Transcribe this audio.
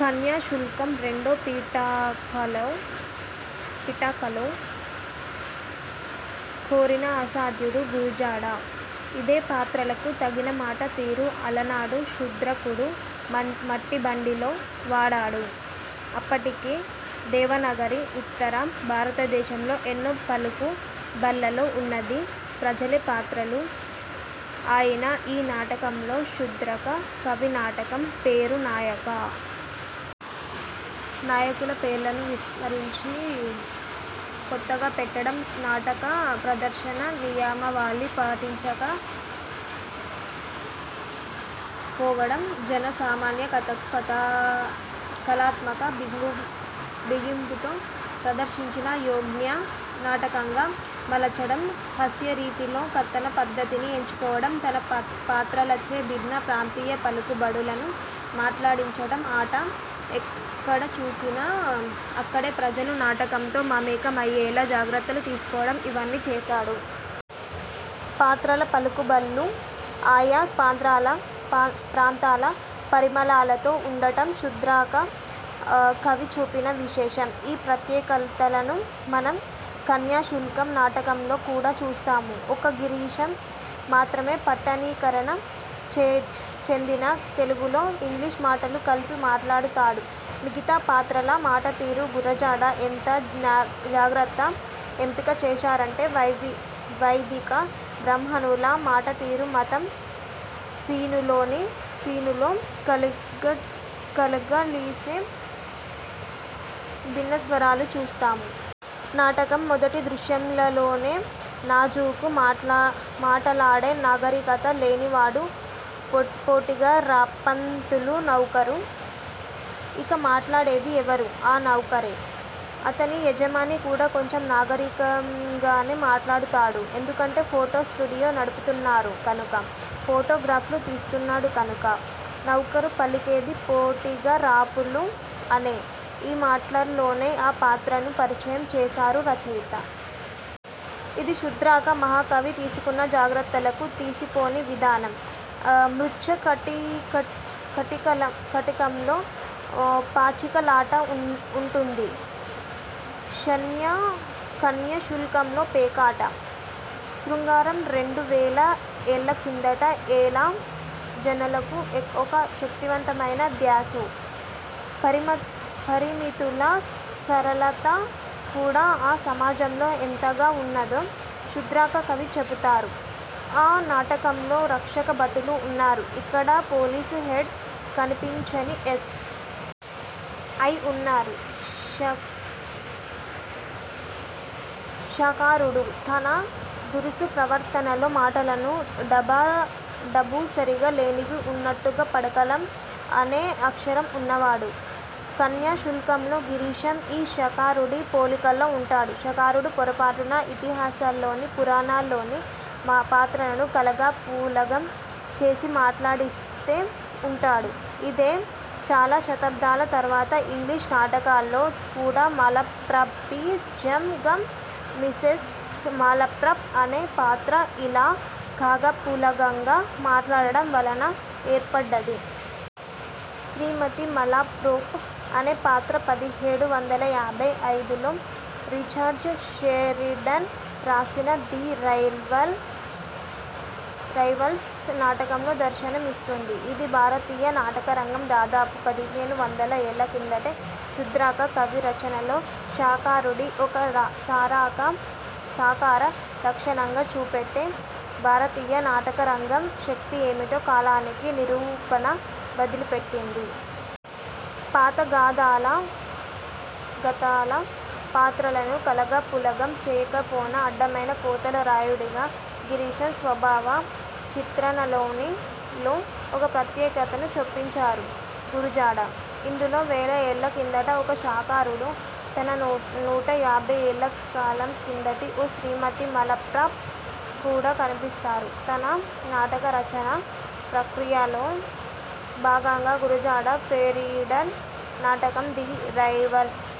కన్యాశుల్కం రెండో పీఠికలో కోరిన అసాధ్యుడు గురజాడ. ఇదే పాత్రలకు తగిన మాట తీరు అలనాడు శూద్రకుడు 'మట్టిబండి'లో వాడాడు. అప్పటికే, దేవనాగరి ఉత్తర భారత దేశంలో ఎన్నో పలుకుబళ్లలో ఉన్నది. ప్రజలే పాత్రలు అయిన ఈ నాటకంలో, శూద్రక కవి నాటకం పేరు నాయికా నాయకుల పేర్లను విస్మరించి, కొత్తగా పెట్టడం, నాటక ప్రదర్శన నియమావళి పాటించక పోవడం, జన సామాన్య కథను కళాత్మక బిగింపుతో ప్రదర్శన యోగ్య నాటకంగా మలచడం, హాస్య రీతిలో కథన పద్ధతిని ఎంచుకోవడం, తన పాత్రలచే భిన్న ప్రాంతీయ పలుకుబడు లను మాట్లాడించడం, ఆట ఎక్కడచూసినా, అక్కడి ప్రజలు నాటకంతో మమేక మయ్యేలా జాగ్రత్తలు తీసుకోవడం, ఇవన్నీ చేశాడు. పాత్రల పలుకుబళ్ళు ఆయా ప్రాంతాల పరిమళాలతో ఉండడం శూద్రక కవి చూపిన విశేషం. ఈ ప్రత్యేకతలను మనం కన్యాశుల్కం నాటకంలో కూడా చూస్తాము. ఒక్క గిరీశం మాత్రమే పట్టణీకరణ చెందిన తెలుగులో ఇంగ్లిష్ మాటలు కలిపి మాట్లాడతాడు. మిగతా పాత్రల మాటతీరు గురజాడ ఎంత జాగ్రత్తగా ఎంపిక చేశారంటే, వైదిక బ్రాహ్మణుల మాట తీరు, మఠం శీనులో కలగలిసే భిన్నస్వరాలు చూస్తాము. నాటకం మొదటి దృశ్యాలలోనే, నాజూకు మాటలాడే నాగరికత లేనివాడు పొటిగరాప్పంతులు నౌకరు. ఇలా మాట్లాడేది ఎవరు? ఆ నౌకరే! అతని యజమాని కూడా కొంచెం నాగరికంగానే మాట్లాడుతాడు, ఎందుకంటే ఫోటో స్టుడియో నడుపుతున్నాడు కనుక. ఫోటోగ్రాఫ్లూ తీస్తున్నాడు కనుక. నౌకరు పలికేది పొటిగరాపులు అనే. ఈ మాటల్లోనే ఆ పాత్రను పరిచయం చేశారు రచయిత. ఇది శూద్రక మహాకవి తీసుకున్న జాగ్రత్తలకు తీసిపోని విధానం. మృచ్ఛకటికంలో పాచికలాట ఉంటుంది, కన్యాశుల్కంలో పేకాట. శృంగారం రెండు వేల ఏళ్ల కిందట ఎలా జనులకు ఒక శక్తివంతమైన ధ్యాసో, పరిమితుల సరళత కూడా ఆ సమాజంలో ఎంతగా ఉన్నదో, శూద్రక కవి చూపుతాడు. ఆ నాటకంలో రక్షకభటులు ఉన్నారు, ఇక్కడా పోలీసు హెడ్, కనిపించని ఎస్. ఐ ఉన్నారు. శకారుడు, తన దురుసు ప్రవర్తనలో, మాటలను డాబుసరిగా లేనివి ఉన్నట్టుగా పలకడం అనే లక్షణం ఉన్నవాడు. కన్యాశుల్కంలో గిరీశం ఈ శకారుడి పోలికల్లో ఉంటాడు. శకారుడు పొరపాటున ఇతిహాసాల్లోని, పురాణాల్లోని పాత్రలను కలగాపులగం చేసి మాట్లాడేస్తూ ఉంటాడు. ఇదే, చాలా శతాబ్దాల తర్వాత ఇంగ్లిష్ నాటకల్లో కూడా 'మాలప్రాపిజమ్'గా మిసెస్ మాలప్రాప్ అనే పాత్ర ఇలా కలగాపులగంగా మాట్లాడడం వలన ఏర్పడ్డది. శ్రీమతి 'మాలాప్రోప్' అనే పాత్ర పదిహేడు వందల యాభై ఐదులో రిచర్డ్ షెరిడన్ రాసిన 'ది రైవల్స్' నాటకంలో దర్శనం ఇస్తుంది ఇది భారతీయ నాటక రంగం దాదాపు పదిహేను వందల ఏళ్ల కిందటే, శూద్రక కవి రచనలో, శకారుడి ఒక సాకార లక్షణంగా చూపెట్టి, భారతీయ నాటక రంగ శక్తి ఏమిటో కాలానికి నిరూపణ వదిలిపెట్టింది. పాత గాథల పాత్రలను కలగాపులగం చేయకపోయినా, అడ్డమైన కోతల రాయుడిగా గిరీశం స్వభావ చిత్రణలో ఒక ప్రత్యేకతను చొప్పించారు గురజాడ. ఇందులో వేల ఏళ్ల కిందటి ఒక శకారుడు, తనకు నూట యాభై ఏళ్ల కాలం కిందటి ఒక 'శ్రీమతి మాలప్రాప్' కూడా కనిపిస్తారు. తన నాటక రచనా ప్రక్రియలో భాగంగా గురజాడ షెరిడన్ నాటకం 'ది రైవల్స్'